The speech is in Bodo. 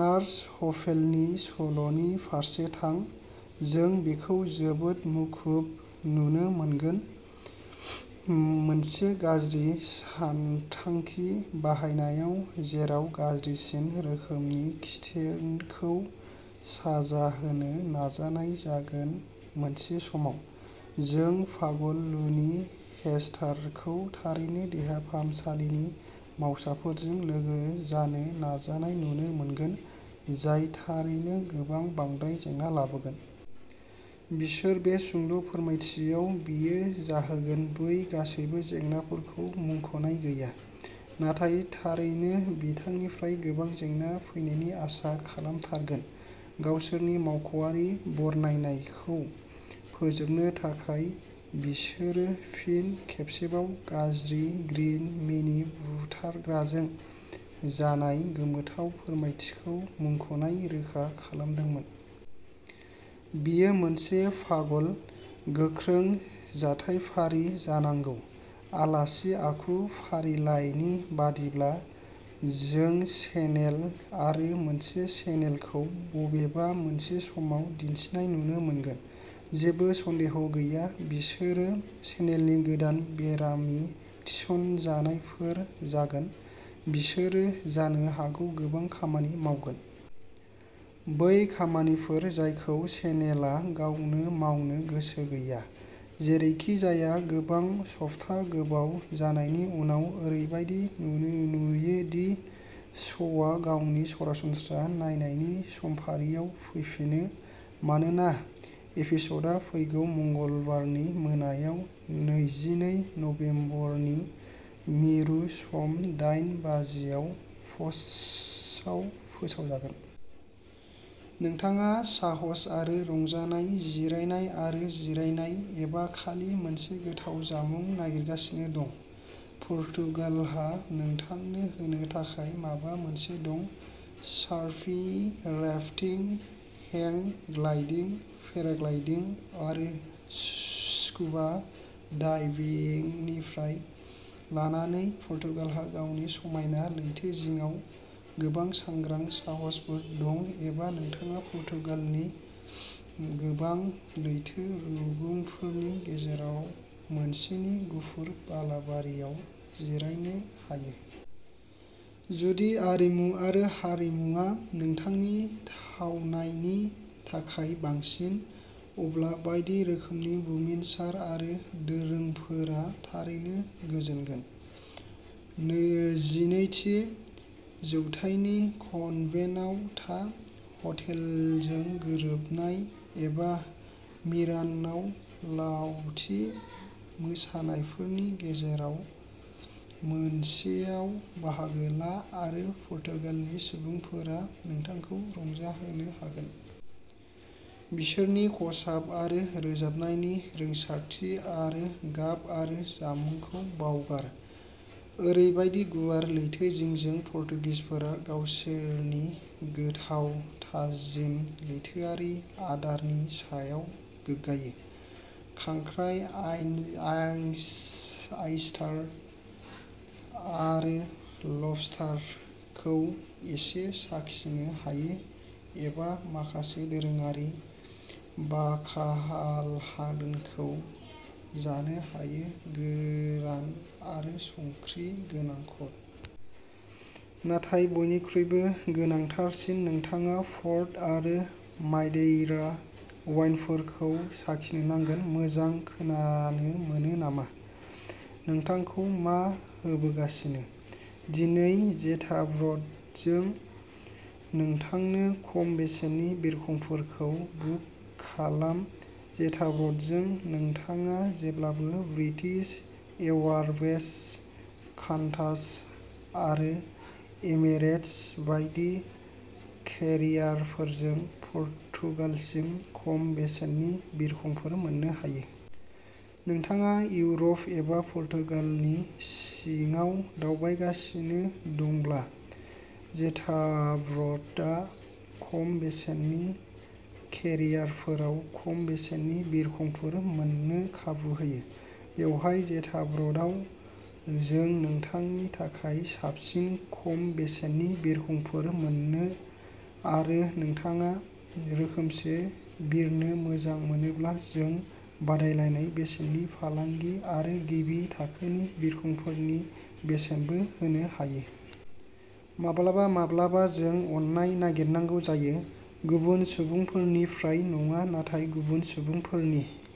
नार्स हफेलनि सल'नि फारसे थां। जों बिखौ जोबोद मुखुब नुनो मोनगोन, मोनसे गाज्रि सानथांखि बाहायनायाव, जेराव गाज्रिसिन रोखोमनि खिथेरखौ साजा होनो नाजानाय जागोन मोनसे समाव, जों पागल, लुनि हेस्टारखौ थारैनो देहा फाहामसालिनि मावसाफोरजों लोगो जानो नाजानाय नुनो मोनगोन, जाय थारैनो गोबां बांद्राय जेंना लाबोगोन। बिसोर बे सुंद' फोरमायथियाव बियो जाहोगोन बै गासैबो जेंनाफोरखौ मुंख'नाय गैया, नाथाय थारैनो बिथांनिफ्राय गोबां जेंना फैनायनि आसा खालामथारगोन। गावसोरनि मावख'आरि बरनायनायखौ फोजोबनो थाखाय, बिसोरो फिन खेबसेबाव, गाज्रि ग्रीन मिनि बुथारग्राजों जानाय गोमोथाव फोरमायथिखौ मुंख'नाय रोखा खालामदोंमोन। बेयो मोनसे पागल, गोख्रों जाथायफारि जानांगौ। आलासि आखु फारिलाइनि बायदिब्ला, जों चेनेल आरो मोनसे चेनेल खौ बबेबा मोनसे समाव दिन्थिनाय नुनो मोनगोन। जेबो सन्देह गैया, बिसोरो चेनेलनि गोदान बेरामि थिसनजानायफोर जागोन। बिसोरो जानो हागौ गोबां खामानि मावगोन। बै खामानिफोर जायखौ शनेलआ गावनो मावनो गोसो गैया। जेरैखिजाया, गोबां सप्ता गोबाव जानायनि उनाव, ओरैबायदि नुयो दि श'आ गावनि सरासनस्रा नायनायनि समफारियाव फैफिनो मानोना एपिसडआ फैगौ मंगलबारनि मोनायाव, नैजिनै नबेम्बरनि मिरु सम दायेन बाजियाव फसआव फोसावजागोन। नोंथाङा साहस आरो रंजानाय, जिरायनाय आरो जिरायनाय, एबा खालि मोनसे गोथाव जामुं नागिरगासिनो दं, पर्तुगालहा नोंथांनो होनो थाखाय माबा मोनसे दं। Surfing, rafting, hang gliding, paragliding आरो स्कुबा डाइभिंनिफ्राय लानानै, पर्तुगालहा गावनि समायना लैथोजिंआव गोबां सांग्रां साहसफोर दं एबा नोंथाङा पर्तुगालनि गोबां लैथो रुगुंफोरनि गेजेराव मोनसेनि गुफुर बालाबारियाव जिरायनो हायो। जुदि आरिमु आरो हारिमुआ नोंथांनि थावनायनि थाखाय बांसिन, अब्ला बायदि रोखोमनि बुमिनसार आरो दोरोंफोरा थारैनो गोजोनगोन। नोजिनैथि जौथाइनि कन्भेन्टआव था, हटेलजों गोरोबनाय, एबा मिरानाव लावथि मोसानायफोरनि गेजेराव मोनसेयाव बाहागो ला आरो पर्तुगालनि सुबुंफोरा नोंथांखौ रंजाहोनो हागोन। बिसोरनि खसाब आरो रोजाबनायनि रोंसारथि आरो गाब आरो जामुंखौ बावगार ओरैबायदि गुवार लैथोजिंजों, पर्तुगिसफोरा गावसोरनि गोथाव, थाजिम लैथोआरि आदारनि सायाव गोग्गायो। खांख्राय, आयेन आय ऑयस्टार आरो लबस्टारखौ एसे साखिनो हायो एबा माखासे दोरोङारि बाकालहानखौ जानो हायो गोरान आरो संख्रि गोनां कड। नाथाय बयनिख्रुइबो गोनांथारसिन, नोंथाङा पर्ट आरो मादेइरा वाइनफोरखौ साखिनो नांगोन। मोजां खोनानो मोनो नामा? नोंथांखौ मा होबोगासिनो? दिनै जेटाब्र'डजों नोंथांनो खम बेसेननि बिरखंफोरखौ बुक खालाम जेटाब्र'डजों नोंथाङा जेब्लाबो ब्रिटिश एयारवेज, कान्टास आरो एमिरेटस बायदि केरियारफोरजों पर्तुगालसिम खम बेसेननि बिरखंफोर मोननो हायो। नोंथाङा इउर'प एबा पर्तुगालनि सिङाव दावबायगासिनो दंब्ला, जेटाब्र'डआ खम बेसेननि केरियारफोराव खम बेसेननि बिरखंफोर मोननो खाबु होयो। बेवहाय जेटाब्र'डआव जों नोंथांनि थाखाय साबसिन खम बेसेननि बिरखंफोर मोनो आरो नोंथाङा रोखोमसे बिरनो मोजां मोनोब्ला जों बादायलायनाय बेसेननि फालांगि आरो गिबि थाखोनि बिरखंफोरनि बेसेनबो होनो हायो। माब्लाबा माब्लाबा जों अननाय नागिरनांगौ जायो गुबुन सुबुंफोरनिफ्राय नङा नाथाय गुबुन सुबुंफोरनि